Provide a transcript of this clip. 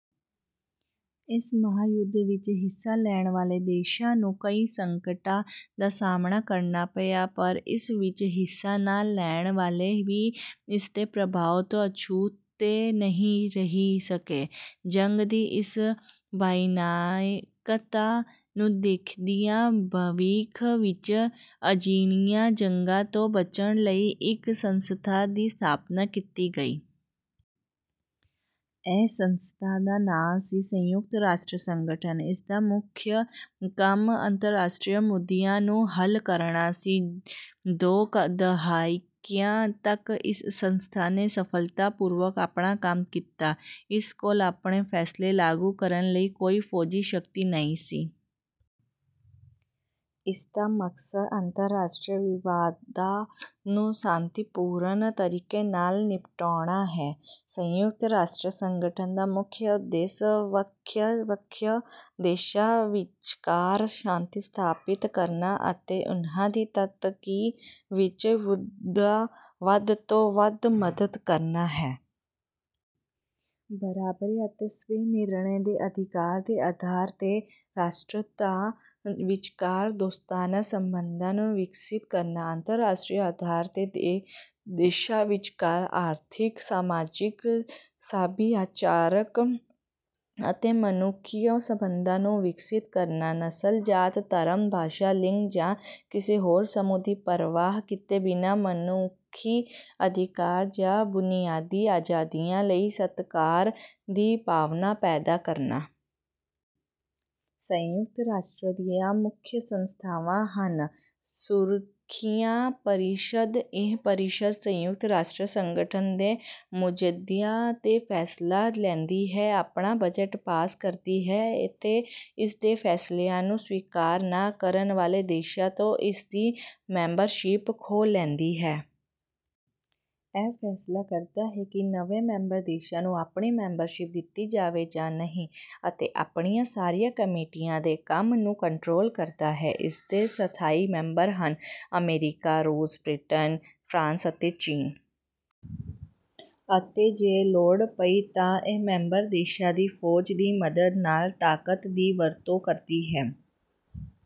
ਇਸ ਮਹਾਯੁੱਧ ਵਿੱਚ ਹਿੱਸਾ ਲੈਣ ਵਾਲੇ ਦੇਸ਼ਾਂ ਨੂੰ ਕਈ ਸੰਕਟਾਂ ਦਾ ਸਾਹਮਣਾ ਕਰਨਾ ਪਿਆ। ਪਰ ਇਸ ਵਿੱਚ ਹਿੱਸਾ ਨਾ ਲੈਣ ਵਾਲੇ ਵੀ ਇਸ ਦੇ ਪ੍ਰਭਾਵ ਤੋਂ ਅਛੂਤੇ ਨਹੀਂ ਰਹਿ ਸਕੇ। ਜੰਗ ਦੀ ਇਸ ਭਿਆਨਕਤਾ ਨੂੰ ਦੇਖਦਿਆਂ ਭਵਿੱਖ ਵਿੱਚ ਅਜਿਹੀਆਂ ਜੰਗਾਂ ਤੋਂ ਬਚਣ ਲਈ ਇੱਕ ਸੰਸਥਾ ਦੀ ਸਥਾਪਨਾ ਕੀਤੀ ਗਈ। ਇਸ ਸੰਸਥਾ ਦਾ ਨਾਮ ਸੀ – ਸੰਯੁਕਤ ਰਾਸ਼ਟਰ ਸੰਗਠਨ। ਇਸ ਦਾ ਮੁੱਖ ਕੰਮ ਅੰਤਰਰਾਸ਼ਟਰੀ ਮੁੱਦਿਆਂ ਨੂੰ ਹੱਲ ਕਰਨਾ ਸੀ। ਦੋ ਦਹਾਕਿਆਂ ਤੱਕ ਇਸ ਸੰਸਥਾ ਨੇ ਸਫਲਤਾਪੂਰਵਕ ਆਪਣਾ ਕੰਮ ਕੀਤਾ। ਇਸ ਕੋਲ ਆਪਣੇ ਫੈਸਲੇ ਲਾਗੂ ਕਰਨ ਲਈ ਕੋਈ ਫੌਜੀ ਸ਼ਕਤੀ ਨਹੀਂ ਸੀ। ਇਸ ਦਾ ਮਕਸਦ ਅੰਤਰਰਾਸ਼ਟਰੀ ਵਿਵਾਦਾਂ ਨੂੰ ਸ਼ਾਂਤੀਪੂਰਨ ਤਰੀਕੇ ਨਾਲ ਨਿਪਟਾਉਣਾ ਹੈ। ਸੰਯੁਕਤ ਰਾਸ਼ਟਰ ਸੰਗਠਨ ਦਾ ਮੁੱਖ ਉਦੇਸ਼ ਵੱਖ-ਵੱਖ ਦੇਸ਼ਾਂ ਵਿਚਕਾਰ ਸ਼ਾਂਤੀ ਸਥਾਪਿਤ ਕਰਨਾ ਅਤੇ ਉਨ੍ਹਾਂ ਦੀ ਤਰੱਕੀ ਵਿਚ ਵੱਧ ਤੋਂ ਵੱਧ ਮਦਦ ਕਰਨਾ ਹੈ। ਬਰਾਬਰੀ ਅਤੇ ਸਵੈ-ਨਿਰਣੇ ਦੇ ਅਧਿਕਾਰ ਦੇ ਆਧਾਰ 'ਤੇ ਰਾਸ਼ਟਰਾਂ ਵਿਚਕਾਰ ਦੋਸਤਾਨਾ ਸਬੰਧਾਂ ਨੂੰ ਵਿਕਸਿਤ ਕਰਨਾ। ਅੰਤਰਰਾਸ਼ਟਰੀ ਆਧਾਰ 'ਤੇ ਦੇਸ਼ਾਂ ਵਿਚਕਾਰ ਆਰਥਿਕ, ਸਮਾਜਿਕ, ਸੱਭਿਆਚਾਰਕ ਅਤੇ ਮਨੁੱਖੀ ਸਬੰਧਾਂ ਨੂੰ ਵਿਕਸਿਤ ਕਰਨਾ। ਨਸਲ, ਜਾਤ, ਧਰਮ, ਭਾਸ਼ਾ, ਲਿੰਗ ਜਾਂ ਕਿਸੇ ਹੋਰ ਸਮੂਹ ਦੀ ਪਰਵਾਹ ਕੀਤੇ ਬਿਨਾਂ ਮਨੁੱਖੀ ਅਧਿਕਾਰਾਂ ਜਾਂ ਬੁਨਿਆਦੀ ਆਜ਼ਾਦੀਆਂ ਲਈ ਸਤਿਕਾਰ ਦੀ ਭਾਵਨਾ ਪੈਦਾ ਕਰਨਾ। ਸੰਯੁਕਤ ਰਾਸ਼ਟਰ ਦੀਆਂ ਮੁੱਖ ਸੰਸਥਾਵਾਂ ਹਨ- ਸੁਰੱਖਿਆ ਪਰਿਸ਼ਦ– ਇਹ ਪਰਿਸ਼ਦ ਸੰਯੁਕਤ ਰਾਸ਼ਟਰ ਸੰਗਠਨ ਦੇ ਮੁੱਦਿਆਂ 'ਤੇ ਫੈਸਲਾ ਲੈਂਦੀ ਹੈ, ਆਪਣਾ ਬਜਟ ਪਾਸ ਕਰਦੀ ਹੈ ਅਤੇ ਇਸ ਦੇ ਫੈਸਲਿਆਂ ਨੂੰ ਸਵੀਕਾਰ ਨਾ ਕਰਨ ਵਾਲੇ ਦੇਸ਼ਾਂ ਤੋਂ ਇਸ ਦੀ ਮੈਂਬਰਸ਼ਿਪ ਖੋਹ ਲੈਂਦੀ ਹੈ। ਇਹ ਫੈਸਲਾ ਕਰਦਾ ਹੈ ਕਿ ਨਵੇਂ ਮੈਂਬਰ ਦੇਸ਼ਾਂ ਨੂੰ ਆਪਣੀ ਮੈਂਬਰਸ਼ਿਪ ਦਿੱਤੀ ਜਾਵੇ ਜਾਂ ਨਹੀਂ। ਅਤੇ ਆਪਣੀਆਂ ਸਾਰੀਆਂ ਕਮੇਟੀਆਂ ਦੇ ਕੰਮ ਨੂੰ ਕੰਟਰੋਲ ਕਰਦਾ ਹੈ। ਇਸ ਦੇ ਸਥਾਈ ਮੈਂਬਰ ਹਨ – ਅਮਰੀਕਾ, ਰੂਸ, ਬ੍ਰਿਟੇਨ, ਫਰਾਂਸ ਅਤੇ ਚੀਨ। ਅਤੇ ਜੇ ਲੋੜ ਪਈ ਤਾਂ ਇਹ ਮੈਂਬਰ ਦੇਸ਼ਾਂ ਦੀ ਫੌਜ ਦੀ ਮਦਦ ਨਾਲ ਤਾਕਤ ਦੀ ਵਰਤੋਂ ਕਰਦੀ ਹੈ।